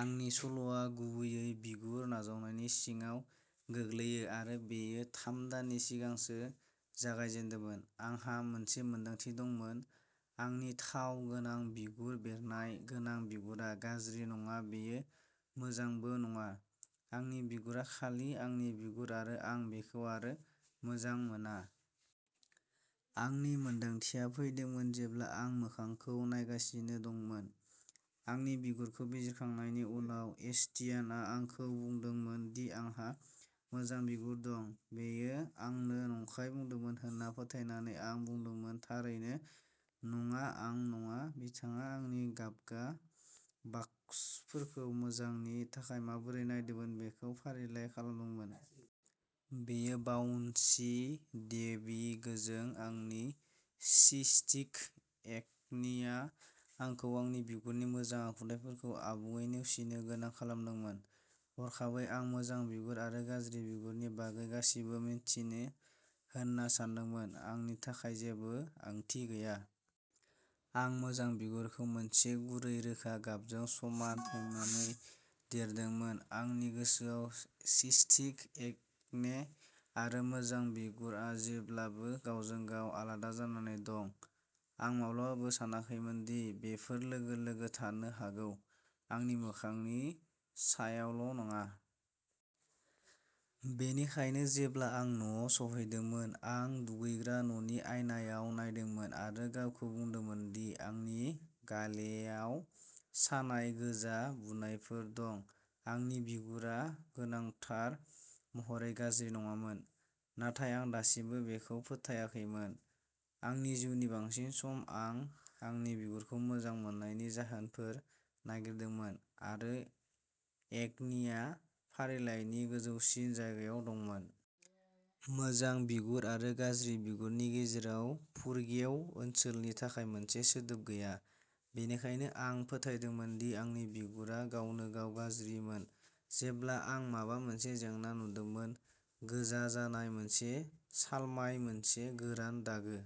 आंनि सल'आ, गुबैयै, बिगुर-नाजावनायनि सिङाव गोग्लैयो आरो बेयो थाम दान सिगांसो जागायजेन्दोंमोन। आंहा मोनसे मोनदांथि दंमोनः आंनि थाव गोनां, बिगुर-बेरनाय गोनां बिगुरा गाज्रि नङा; बेयो मोजांबो नङा। आंनि बिगुरा खालि आंनि बिगुर, आरो आं बेखौ आरो मोजां मोना। आंनि मोनदांथिया फैदोंमोन जेब्ला आं मोखांखौ नायगासिनो दंमोन। आंनि बिगुरखौ बिजिरखांनायनि उनाव, एस्थेसियानआ आंखौ बुंदोंमोन दि आंहा "मोजां बिगुर" दं। बियो आंनो नंखाय बुंदोंमोन होन्ना फोथायनानै, आं बुंदोंमोन, "थारैनो? नङा, आं नङा। " बिथाङा आंनि गाबआ बक्सफोरखौ "मोजां" नि थाखाय माबोरै नायदोंमोन बेखौ फारिलाइ खालामदोंमोन। बेयो बाउन्सि, डेवि, गोजों। आंनि सिस्टिक एकनिआ आंखौ आंनि बिगुरनि मोजां आखुथाइफोरखौ आबुङै नेवसिनो गोनां खालामदोंमोन। हरखाबै, आं "मोजां बिगुर" आरो "गाज्रि बिगुर" नि बागै गासिबो मिन्थियो होन्ना सानदोंमोन, आंनि थाखाय जेबो ओंथि गैया। आं "मोजां बिगुर" खौ मोनसे गुरै, रोखा गाबजों समान सान्नानै देरदोंमोन। आंनि गोसोआव, सिस्टिक एकने आरो "मोजां बिगुर" आ जेब्लाबो गावजों-गाव आलादा जानानै दं। आं माब्लाबाबो सानाखैमोन दि बेफोर लोगो-लोगो थानो हागौ, आंनि मोखांनि सायावल'नङा। बेनिखायनो जेब्ला आं न'आव सौहैदोंमोन, आं दुगैग्रा न'नि आयनाआव नायदोंमोन आरो गावखौ बुंदोंमोन दि आंनि गालेयाव सानाय, गोजा बुनायफोर दं, आंनि बिगुरा गोनांथार महरै गाज्रि नङामोन। नाथाय आं दासिमबो बेखौ फोथायाखैमोन। आंनि जिउनि बांसिन सम, आं आंनि बिगुरखौ मोजां मोन्नायनि जाहोनफोर नागिरदोंमोन, आरो एकनिआ फारिलाइनि गोजौसिन जायगायाव दंमोन। "मोजां बिगुर" आरो "गाज्रि बिगुर" नि गेजेराव फुरगेव ओनसोलनि थाखाय मोनसे सोदोब गैया, बेनिखायनो आं फोथायदोंमोन दि आंनि बिगुरा गावनो-गाव गाज्रिमोन जेब्ला आं माबा मोनसे जेंना नुदोंमोनः गोजा जानाय, मोनसे सालमाय, मोनसे गोरान दागो।